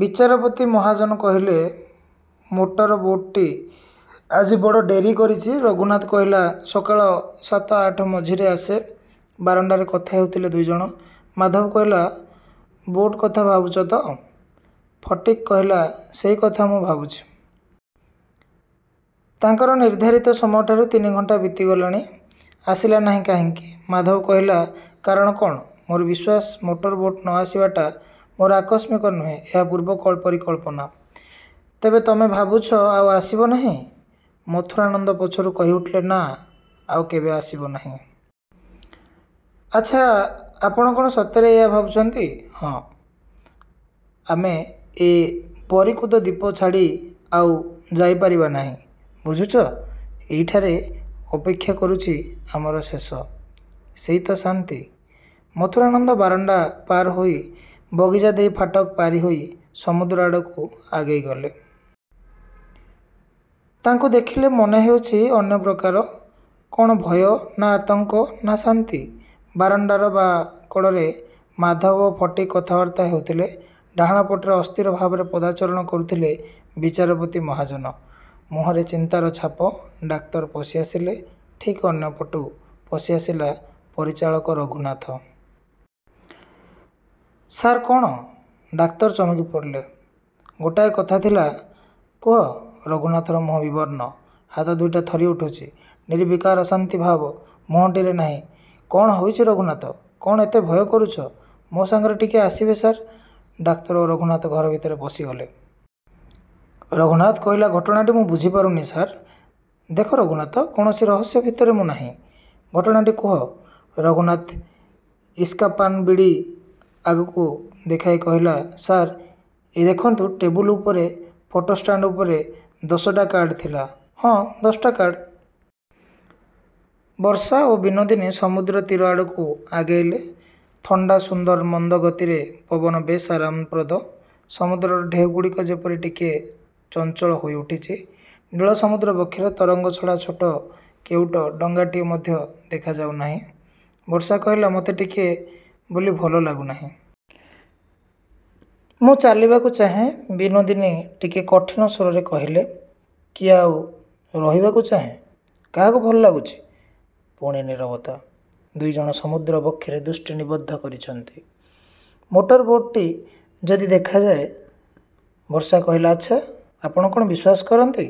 ବିଚାରପତି ମହାଜନ କହିଲେ, motor boat ଟି ଆଜି ବଡ଼ ଡେରି କରିଛି? ରଘୁନାଥ କହିଲା, ସକାଳ ସାତ ଆଠ ମଝିରେ ଆସେ। ବାରଣ୍ଡାରେ କଥା ହେଉଥିଲେ ଦୁଇ ଜଣ। ମାଧବ କହିଲା, ବୋଟ କଥା ଭାବୁଛ ତ? ଫଟିକ୍ କହିଲା, ସେଇ କଥା ମୁଁ ଭାବୁଛି। ତାଙ୍କର ନିର୍ଦ୍ଧାରିତ ସମୟଠାରୁ ତିନି ଘଣ୍ଟା ବିତିଗଲାଣି। ଆସିଲା ନାହିଁ କାହିଁକି? ମାଧବ କହିଲା, କାରଣ କ'ଣ? ମୋର ବିଶ୍ୱାସ, ମୋଟର ବୋଟ ନ ଆସିବାଟା ମୋଟେ ଆକସ୍ମିକ ନୁହେଁ। ଏହା ପୂର୍ବ ପରିକଳ୍ପନା। ତେବେ ତମେ ଭାବୁଛ ଆଉ ଆସିବ ନାହିଁ? ମଥୁରାନନ୍ଦ ପଛରୁ କହିଉଠିଲେ, ନା, ଆଉ କେବେ ଆସିବ ନାହିଁ। ଆଚ୍ଛା, ଆପଣ କ'ଣ ସତରେ ଏଇଆ ଭାବୁଛନ୍ତି? ହଁ। ଆମେ ଏ ବରିକୁଦ ଦ୍ଵୀପ ଛାଡ଼ି ଆଉ ଯାଇପାରିବା ନାହିଁ। ବୁଝୁଛ? ଏଇଠାରେ ଅପେକ୍ଷା କରୁଛି ଆମର ଶେଷ। ସେଇ ତ ଶାନ୍ତି। ମଥୁରାନନ୍ଦ ବାରଣ୍ଡା ପାରହୋଇ ବଗିଚା ଦେଇ ଫାଟକ ପାରିହୋଇ ସମୁଦ୍ର ଆଡ଼କୁ ଆଗେଇଗଲେ। ତାଙ୍କୁ ଦେଖିଲେ ମନେହେଉଛି ଅନ୍ୟପ୍ରକାର। କ'ଣ ଭୟ ନା ଆତଙ୍କ ନା ଶାନ୍ତି? ବାରଣ୍ଡାର ବାଁ କଡ଼ରେ ମାଧବ ଓ ଫଟିକ୍ କଥାବାର୍ତ୍ତା ହେଉଥିଲେ। ଡାହାଣପଟରେ ଅସ୍ଥିର ଭାବରେ ପଦଚାରଣ କରୁଥିଲେ ବିଚାରପତି ମହାଜନ। ମୁହଁରେ ଚିନ୍ତାର ଛାପ। ଡାକ୍ତର ପଶିଆସିଲେ। ଠିକ୍ ଅନ୍ୟପଟୁ ପଶିଆସିଲା ପରିଚାଳକ ରଘୁନାଥ। ସାର୍! କ'ଣ? ଡାକ୍ତର ଚମକିପଡ଼ିଲେ। ଗୋଟାଏ କଥା ଥିଲା। କୁହ। ରଘୁନାଥର ମୁହଁ ବିବର୍ଣ୍ଣ। ହାତ ଦୁଇଟା ଥରିଉଠୁଛି। ନିର୍ବିକାର ଶାନ୍ତିଭାବ ମୁହଁଟିରେ ନାହିଁ। କ'ଣ ହୋଇଛି ରଘୁନାଥ, କ'ଣ ଏତେ ଭୟ କରୁଛ? ମୋ ସାଙ୍ଗରେ ଟିକିଏ ଆସିବେ ସାର୍? ଡାକ୍ତର ଓ ରଘୁନାଥ ଘର ଭିତରେ ପଶିଗଲେ। ରଘୁନାଥ କହିଲା, ଘଟଣାଟି ମୁଁ ବୁଝିପାରୁନି, ସାର୍! ଦେଖ ରଘୁନାଥ, କୌଣସି ରହସ୍ୟ ଭିତରେ ମୁଁ ନାହିଁ। ଘଟଣାଟି କୁହ। ରଘୁନାଥ ଇସ୍କାପାନ ବିଡି ଆଡ଼କୁ ଦେଖାଇ କହିଲା, ସାର୍, ଏଇ ଦେଖନ୍ତୁ ଟେବୁଲ ଉପରେ ଫଟୋ ଷ୍ଟାଣ୍ଡ ଉପରେ ଦଶଟା କାର୍ଡ଼ ଥିଲା। ହଁ, ଦଶଟା କାର୍ଡ଼। ବର୍ଷା ଓ ବିନୋଦିନୀ ସମୁଦ୍ର ତୀର ଆଡ଼କୁ ଆଗେଇଗଲେ। ଥଣ୍ଡା ସୁନ୍ଦର ମନ୍ଦ ଗତିର ପବନ ବେଶ୍ ଆରାମପ୍ରଦ। ସମୁଦ୍ରର ଢେଉଗୁଡ଼ିକ ଯେପରି ଟିକିଏ ଚଞ୍ଚଳ ହୋଇଉଠିଚି। ନୀଳ ସମୁଦ୍ର ବକ୍ଷରେ ତରଙ୍ଗ ଛଡ଼ା ଛୋଟ କେଉଟ ଡଙ୍ଗାଟିଏ ମଧ୍ୟ ଦେଖାଯାଉନାହିଁ। ବର୍ଷା କହିଲା, ମୋତେ ଟିକିଏ ବୋଲି ଭଲ ଲାଗୁନାହିଁ। ମୁଁ ଚାଲିଯିବାକୁ ଚାହେଁ। ବିନୋଦିନୀ ଟିକିଏ କଠିନ ସ୍ୱରରେ କହିଲେ, କିଏ ଆଉ ରହିବାକୁ ଚାହେଁ? କାହାକୁ ଭଲ ଲାଗୁଛି? ପୁଣି ନୀରବତା। ଦୁଇ ଜଣ ସମୁଦ୍ର ବକ୍ଷରେ ଦୃଷ୍ଟି ନିବଦ୍ଧ କରିଛନ୍ତି, ମୋଟର ବୋଟ ଟି ଯଦି ଦେଖାଯାଏ। ବର୍ଷା କହିଲା, ଆଚ୍ଛା, ଆପଣ କ'ଣ ବିଶ୍ୱାସ କରନ୍ତି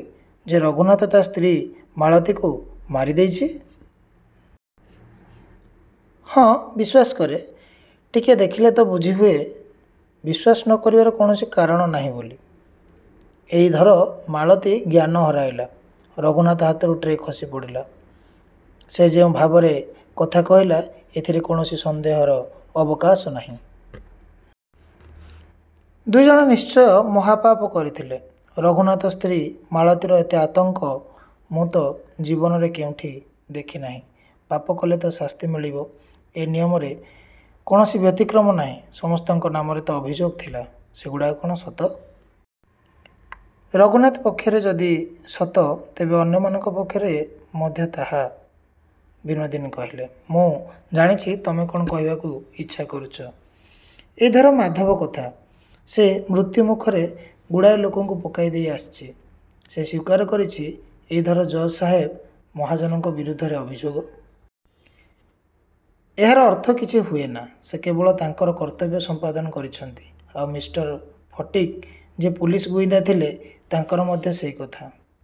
ଯେ ରଘୁନାଥ ତା ସ୍ତ୍ରୀ ମାଳତୀକୁ ମାରିଦେଇଛି? ହଁ, ବିଶ୍ୱାସ କରେ। ଟିକିଏ ଦେଖିଲେ ତ ବୁଝିହୁଏ ବିଶ୍ୱାସ ନ କରିବାର କୌଣସି କାରଣ ନାହିଁ ବୋଲି। ଏଇ ଧର ମାଳତୀ ଜ୍ଞାନ ହରାଇଲା, ରଘୁନାଥ ହାତରୁ ଟ୍ରେ ଖସିପଡ଼ିଲା। ସେ ଯେଉଁ ଭାବରେ କଥା କହିଲା ଏଥିରେ କୌଣସି ସନ୍ଦେହର ଅବକାଶ ନାହିଁ। ଦୁଇ ଜଣ ନିଶ୍ଚୟ ମହାପାପ କରିଥିଲେ। ରଘୁନାଥ ସ୍ତ୍ରୀ ମାଳତୀର ଏତେ ଆତଙ୍କ, ମୁଁ ତ ଜୀବନରେ କେଉଁଠି ଦେଖି ନାହିଁ। ପାପ କଲେ ତ ଶାସ୍ତି ମିଳିବ, ଏ ନିୟମରେ କୌଣସି ବ୍ୟତିକ୍ରମ ନାହିଁ। ସମସ୍ତଙ୍କ ନାମରେ ତ ଅଭିଯୋଗ ଥିଲା। ସେଗୁଡ଼ିକ କ'ଣ ସତ? ରଘୁନାଥ ପକ୍ଷରେ ଯଦି ସତ ତେବେ ଅନ୍ୟମାନଙ୍କ ପକ୍ଷରେ ମଧ୍ୟ ତାହା, ବିନୋଦିନୀ କହିଲେ, ମୁଁ ଜାଣିଛି ତମେ କ'ଣ କହିବାକୁ ଇଚ୍ଛା କରୁଚ। ଏଇ ଧର, ମାଧବ କଥା। ସେ ମୃତ୍ୟୁମୁଖରେ ଗୁଡ଼ାଏ ଲୋକଙ୍କୁ ପକାଇଦେଇ ଆସିଛି। ସେ ସ୍ଵୀକାର କରିଛି। ଏଇ ଧର ଜଜ୍ ସାହେବ ମହାଜନଙ୍କ ବିରୁଦ୍ଧରେ ଅଭିଯୋଗ। ଏହାର ଅର୍ଥ କିଛି ହୁଏନା। ସେ କେବଳ ତାଙ୍କର କର୍ତ୍ତବ୍ୟ ସମ୍ପାଦନ କରିଛନ୍ତି। ଆଉ ମିଷ୍ଟର ଫଟିକ୍, ଯେ ପୋଲିସ ଗୁଇନ୍ଦା ଥିଲେ, ତାଙ୍କର ମଧ୍ୟ ସେଇ କଥା।